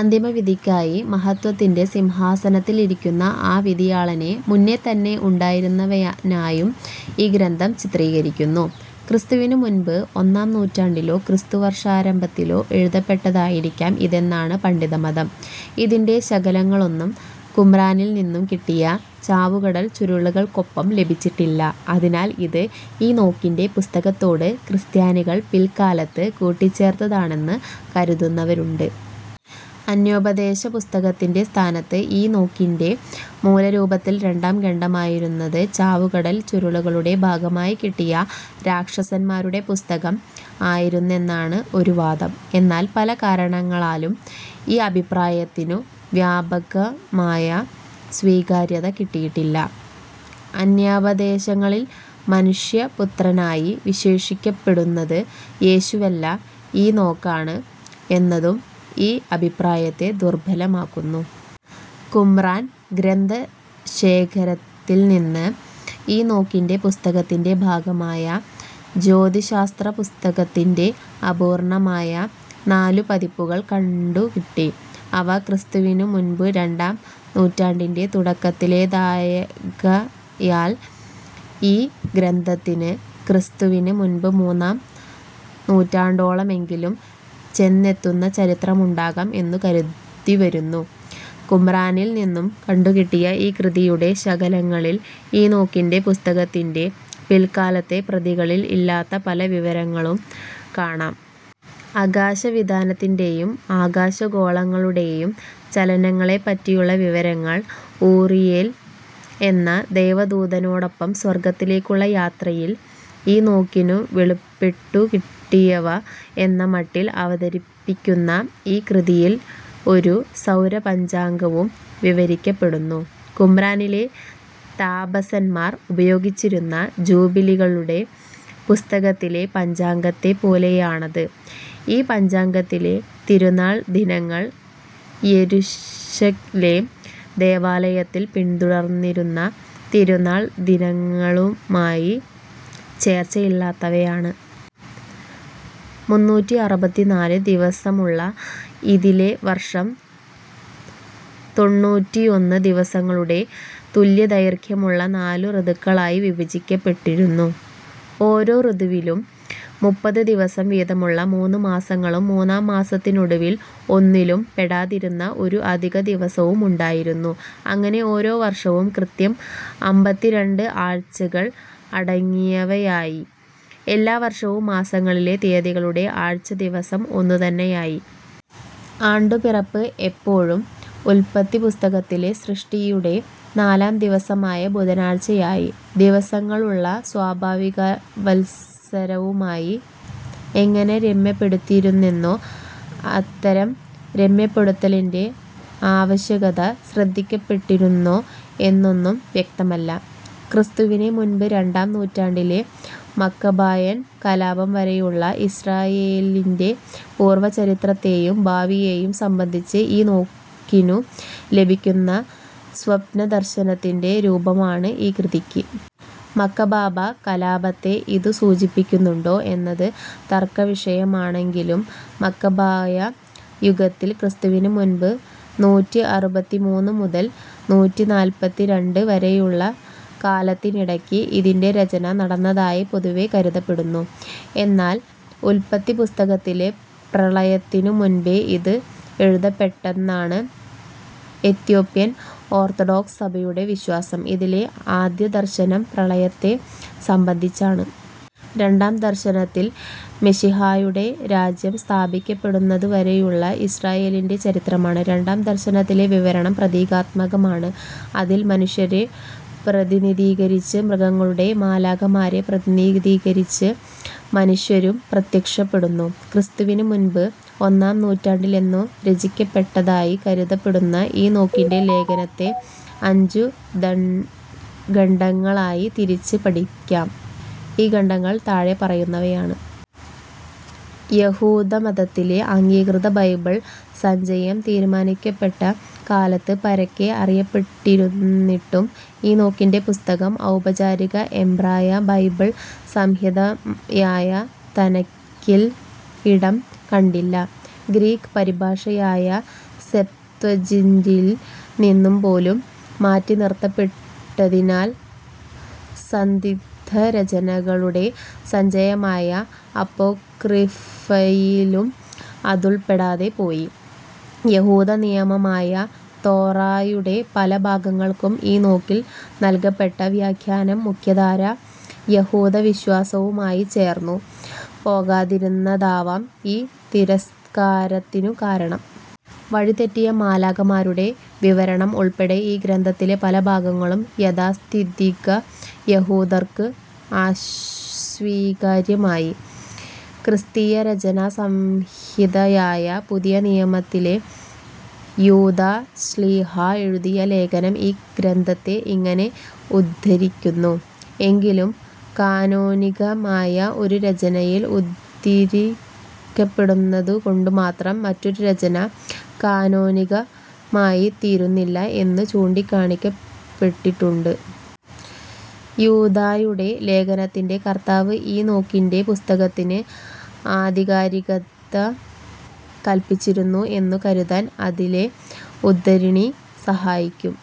അന്തിമവിധിക്കായി മഹത്ത്വത്തിന്റെ സിംഹാസനത്തിൽ ഇരിക്കുന്ന ആ വിധിയാളനെ, മുന്നേ തന്നെ ഉണ്ടായിരുന്നവനായും ഈ ഗ്രന്ഥം ചിത്രീകരിക്കുന്നു. ക്രിസ്തുവിനു മുൻപ് ഒന്നാം നൂറ്റാണ്ടിലോ ക്രിസ്തുവർഷാരംഭത്തിലോ എഴുതപ്പെട്ടതായിരിക്കാം ഇതെന്നാണ് പണ്ഡിതമതം. ഇതിന്റെ ശകലങ്ങളൊന്നും കുമ്രാനിൽ നിന്നു കിട്ടിയ ചാവുകടൽ ചുരുളുകൾക്കൊപ്പം ലഭിച്ചിട്ടില്ല. അതിനാൽ ഇത് ഈനോക്കിന്റെ പുസ്തകത്തോട് ക്രിസ്ത്യാനികൾ പിൽക്കാലത്ത് കൂട്ടിച്ചേർത്തതാണെന്നു കരുതുന്നവരുണ്ട്. അന്യോപദേശ പുസ്തകത്തിന്റെ സ്ഥാനത്ത് ഈനോക്കിന്റെ മൂലരൂപത്തിൽ രണ്ടാം ഖണ്ഡമായിരുന്നത് ചാവുകടൽ ചുരുളുകളുടെ ഭാഗമായി കിട്ടിയ രാക്ഷസന്മാരുടെ പുസ്തകം ആയിരുന്നെന്നാണ് ഒരു വാദം. എന്നാൽ പല കാരണങ്ങളാലും, ഈ അഭിപ്രായത്തിനു വ്യാപകമായ സ്വീകാര്യത കിട്ടിയിട്ടില്ല. അന്യാപദേശങ്ങളിൽ മനുഷ്യപുത്രനായി വിശേഷിക്കപ്പെടുന്നത് യേശുവല്ല ഈനോക്കാണ് എന്നതും ഈ അഭിപ്രായത്തെ ദുർബ്ബലമാക്കുന്നു. കുമ്രാൻ ഗ്രന്ഥശേഖരത്തിൽ നിന്ന് ഈനോക്കിന്റെ പുസ്തകത്തിന്റെ ഭാഗമായ ജ്യോതിശാസ്ത്രപുസ്തകത്തിന്റെ അപൂർണ്ണമായ നാലു പതിപ്പുകൾ കണ്ടുകിട്ടി. അവ ക്രിസ്തുവിനു മുൻപ് രണ്ടാം നൂറ്റാണ്ടിന്റെ തുടക്കത്തിലേതാകയാൽ ഈ ഗ്രന്ഥത്തിന് ക്രിസ്തുവിന് മുൻപ് മൂന്നാം നൂറ്റാണ്ടോളമെങ്കിലും ചെന്നെത്തുന്ന ചരിത്രമുണ്ടാകാം എന്നു കരുതിവരുന്നു. കുമ്രാനിൽ നിന്നു കണ്ടുകിട്ടിയ ഈ കൃതിയുടെ ശകലങ്ങളിൽ ഈനോക്കിന്റെ പുസ്തകത്തിന്റെ പിൽക്കാലത്തെ പ്രതികളിൽ ഇല്ലാത്ത പല വിവരങ്ങളും കാണാം. അകാശവിതാനത്തിന്റേയും ആകാശഗോളങ്ങളുടേയും ചലനങ്ങളെപ്പറ്റിയുള്ള വിവരങ്ങൾ, ഊറിയേൽ എന്ന ദൈവദൂതനോടൊപ്പം സ്വർഗ്ഗത്തിലേക്കുള്ള യാത്രയിൽ ഈനോക്കിനു വെളിപ്പെട്ടുകിട്ടിയവ എന്ന മട്ടിൽ അവതരിപ്പിക്കുന്ന ഈ കൃതിയിൽ ഒരു സൗരപഞ്ചാംഗവും വിവരിക്കപ്പെടുന്നു. കുമ്രാനിലെ താപസന്മാർ ഉപയോഗിച്ചിരുന്ന ജൂബിലികളുടെ പുസ്തകത്തിലെ പഞ്ചാംഗത്തെപ്പോലെയാണത്. ഈ പഞ്ചാംഗത്തിലെ തിരുനാൾ ദിനങ്ങൾ യെരുശലേം ദേവാലയത്തിൽ പിന്തുടർന്നിരുന്ന തിരുനാൾ ദിനങ്ങളുമായി ചേർച്ചയില്ലാത്തവയാണ്. മുന്നൂറ്റിഅറുപത്തിനാല് ദിവസമുള്ള ഇതിലെ വർഷം തൊണ്ണൂറ്റിഒന്ന് ദിവസങ്ങളുടെ തുല്യദൈർഘ്യമുള്ള നാലു ഋതുക്കളായി വിഭജിക്കപ്പെട്ടിരുന്നു. ഓരോ ഋതുവിലും മുപ്പത് ദിവസം വീതമുള്ള മൂന്നു മാസങ്ങളും മൂന്നാം മാസത്തിനൊടുവിൽ ഒന്നിലും പെടാതിരുന്ന ഒരു അധികദിവസവും ഉണ്ടായിരുന്നു. അങ്ങനെ ഓരോ വർഷവും കൃത്യം അമ്പത്തിരണ്ട് ആഴ്ചകൾ അടങ്ങിയവയായി. എല്ലാ വർഷവും, മാസങ്ങളിലെ തിയതികളുടെ ആഴ്ചദിവസം ഒന്നു തന്നെയായി. ആണ്ടുപിറപ്പ് എപ്പോഴും ഉല്പത്തിപ്പുസ്തകത്തിലെ സൃഷ്ടിയുടെ നാലാം ദിവസമായ ബുധനാഴ്ചയായി. ദിവസങ്ങളുള്ള സ്വാഭാവികവത്സരവുമായി എങ്ങനെ രമ്യപ്പെടുത്തിയിരുന്നെന്നോ, അത്തരം രമ്യപ്പെടുത്തലിന്റെ ആവകശ്യകത ശ്രദ്ധിക്കപ്പെട്ടിരുന്നോ എന്നൊന്നും വ്യക്തമല്ല. ക്രിസ്തുവിനു മുൻപ് രണ്ടാം നൂറ്റാണ്ടിലെ മക്കബായൻ കലാപം വരെയുള്ള ഇസ്രായേലിന്റെ പൂർവചരിത്രത്തേയും ഭാവിയേയും സംബന്ധിച്ച് ഈനോക്കിനു ലഭിക്കുന്ന സ്വപ്നദർശനത്തിന്റെ രൂപമാണ് ഈ കൃതിയ്ക്ക്. മക്കബാബ കലാപത്തെ ഇതു സൂചിപ്പിക്കുന്നുണ്ടോ എന്നത് തർക്കവിഷയമാണെങ്കിലും മക്കബായ യുഗത്തിൽ ക്രിസ്തുവിന് മുൻപ് നൂറ്റിഅറുപത്തിമൂന്ന് മുതൽ നൂറ്റിനാല്പത്തിരണ്ട്‍ വരെയുള്ള കാലത്തിനിടയ്ക്ക് ഇതിന്റെ രചന നടന്നതായി പൊതുവേ കരുതപ്പെടുന്നു. എന്നാൽ ഉല്പത്തിപ്പുസ്തകത്തിലെ പ്രളയത്തിനും മുൻപേ ഇത് എഴുതപ്പെട്ടെന്നാണ് എത്യോപ്യൻ ഓർത്തഡോക്സ് സഭയുടെ വിശ്വാസം. ഇതിലെ ആദ്യദർശനം പ്രളയത്തെ സംബന്ധിച്ചാണ്. രണ്ടാം ദർശനത്തിൽ മിശിഹായുടെ രാജ്യം സ്ഥാപിക്കപ്പെടുന്നതുവരെയുള്ള ഇസ്രായേലിന്റെ ചരിത്രമാണ്. രണ്ടാം ദർശനത്തിലെ വിവരണം പ്രതീകാത്മകമാണ്. അതിൽ മനുഷ്യരെ പ്രതിനിധീകരിച്ച് മൃഗങ്ങളുടെ മാലാഖമാരെ പ്രതിനിധീകരിച്ച് മനുഷ്യരും പ്രത്യക്ഷപ്പെടുന്നു. ക്രിസ്തുവിന് മുൻപ് ഒന്നാം നൂറ്റാണ്ടിലെന്നോ രചിക്കപ്പെട്ടതായി കരുതപ്പെടുന്ന ഈനോക്കിന്റെ ലേഖനത്തെ അഞ്ചു ഖണ്ഡങ്ങളായി തിരിച്ചു പഠിക്കാം. ഈ ഖണ്ഡങ്ങൾ താഴെ പറയുന്നവയാണ്. യഹൂദമതത്തിലെ അംഗീകൃത ബൈബിൾ സഞ്ചയം തീരുമാനിക്കപ്പെട്ട കാലത്ത് പരക്കെ അറിയപ്പെട്ടിരുന്നിട്ടും ഈനോക്കിന്റെ പുസ്തകം ഔപചാരിക എബ്രായ ബൈബിൾ സംഹിതയായ തനക്കിൽ ഇടം കണ്ടില്ല. ഗ്രീക്ക് പരിഭാഷയായ സെപ്ത്വജിന്റിൽ നിന്നുപോലും മാറ്റിനിർത്തപ്പെട്ടതിനാൽ സന്ദിഗ്ദ്ധരചനകളുടെ സഞ്ചയമായ അപ്പോക്രിഫയിലും അതുൾപ്പെടാതെ പോയി. യഹൂദനിയമമായ തോറായുടെ പല ഭാഗങ്ങൾക്കും ഈനോക്കിൽ നൽകപ്പെട്ട വ്യാഖ്യാനം മുഖ്യധാരാ യഹൂദവിശ്വാസവുമായി ചേർന്നു പോകാതിരുന്നതാവാം ഈ തിരസ്കാരത്തിനു കാരണം. വഴിതെറ്റിയ മാലാഖമാരുടെ വിവരണം ഉൾപ്പെടെ ഈ ഗ്രന്ഥത്തിലെ പല ഭാഗങ്ങളും യാഥാസ്ഥിതിക യഹൂദർക്ക് അസ്വീകാര്യമായി. ക്രിസ്തീയ രചനാസംഹിതയായ പുതിയനിയമത്തിലെ യൂദാ ശ്ലീഹാ എഴുതിയ ലേഖനം ഈ ഗ്രന്ഥത്തെ ഇങ്ങനെ ഉദ്ധരിക്കുന്നു. എങ്കിലും കാനോനികമായ ഒരു രചനയിൽ ഉദ്ധരിക്കപ്പെടുന്നതുകൊണ്ടു മാത്രം മറ്റൊരു രചന കാനോനികമായിത്തീരുന്നില്ല എന്നു ചൂണ്ടിക്കാണിക്കപ്പെട്ടിട്ടുണ്ട്. യൂദായുടെ ലേഖനത്തിന്റെ കർത്താവ് ഈനോക്കിന്റെ പുസ്തകത്തിന് ആധികാരികത കല്പിച്ചിരുന്നു എന്നു കരുതാൻ അതിലെ ഉദ്ധരണി സഹായിക്കും